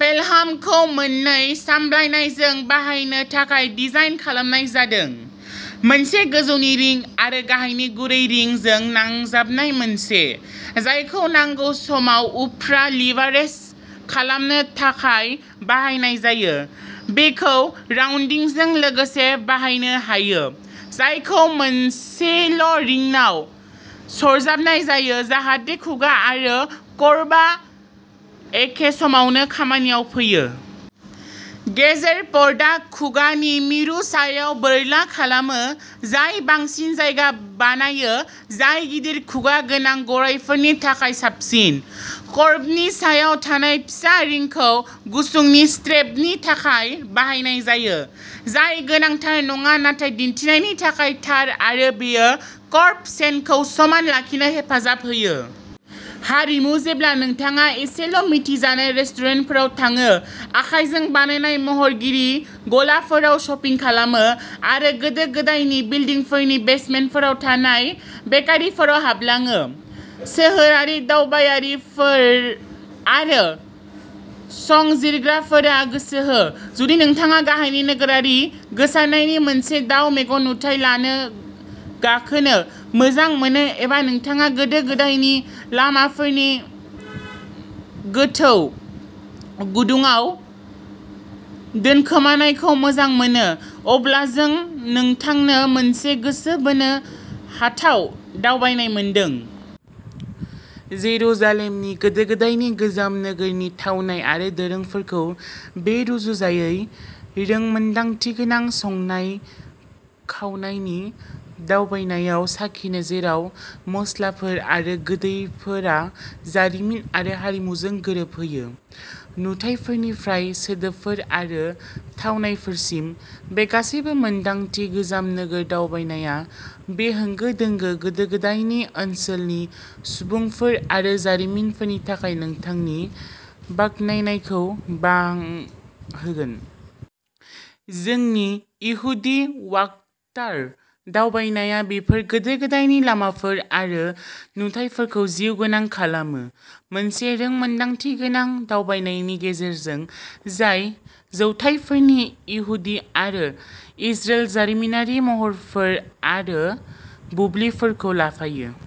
पेलहामखौ मोननै सामलायनायजों बाहायनो थाखाय डिजाइन खालामनाय जादों, मोनसे गोजौनि रिं आरो गाहायनि गुरै रिं जों नांजाबनाय मोनसे, जायखौ नांगौ समाव उफ्रा लिभारेज खालामनो थाखाय बाहायनाय जायो। बेखौ राउन्दिंजों लोगोसे बाहायनो हायो, जायखौ मोनसेल'रिनाव सरजाबनाय जायो, जाहाथे खुगा आरो कर्बआ एखे समावनो खामानियाव फैयो। गेजेर पर्टआ खुगानि मिरु सायाव बोरला खालामो, जाय बांसिन जायगा बानायो, जाय गिदिर खुगा गोनां गरायफोरनि थाखाय साबसिन। कर्बनि सायाव थानाय फिसा रिंखौ गुसुंनि स्ट्रेपनि थाखाय बाहायनाय जायो, जाय गोनांथार नङा नाथाय दिन्थिनायनि थाखाय थार आरो बेयो कर्ब चेनखौ समान लाखिनो हेफाजाब होयो। हारिमु जेब्ला नोंथाङा इसेल'मिथिजानाय रेस्टुरेन्टफोराव थाङो, आखाइजों बानायनाय महरगिरि गलाफोराव शपिं खालामो, आरो गोदो-गोदायनि बिल्डिंफोरनि बेसमेन्टफोराव थानाय बेकारिफोराव हाबलाङो। सोहोरारि दावबायारिफोर आरो संजिरग्राफोरा गोसो हो! जुदि नोंथाङा गाहायनि नोगोरारि गोसारनायनि मोनसे दाउ मेगन नुथाय लानो गाखोनो मोजां मोनो एबा नोंथाङा गोदो-गोदायनि लामाफोरनि गोथौ गुदुङाव दोनखोमानायखौ मोजां मोनो, अब्ला जों नोंथांनो मोनसे गोसो बोनो हाथाव दावबायनाय मोनदों! जेरुजालेमनि गोदो-गोदायनि गोजाम नोगोरनि थावनाय आरो दोरोंफोरखौ बे रुजुजायै रोंमोनदांथिगोनां संनाय-खावनायनि दावबायनायाव साखिनो, जेराव मस्लाफोर आरो गोदैफोरा जारिमिन आरो हारिमुजों गोरोबहैयो। नुथायफोरनिफ्राय सोदोबफोर आरो थावनायफोरसिम, बे गासैबो-मोनदांथि गोजाम नोगोर दावबायनायआ बे होंगो-दोंगो, गोदो-गोदायनि ओनसोलनि सुबुंफोर आरो जारिमिनफोरनि थाखाय नोंथांनि बाखनायनायखौ बांहोगोन। जोंनि इहुदि क्वार्टार दावबायनाया बेफोर गोदो-गोदायनि लामाफोर आरो नुथाइफोरखौ जिउगोनां खालामो, मोनसे रोंमोनदांथिगोनां दावबायनायनि गेजेरजों, जाय जौथायफोरनि इहुदि आरो इजरेलि जारिमिनारि महरफोर आरो बुब्लिफोरखौ लाफायो।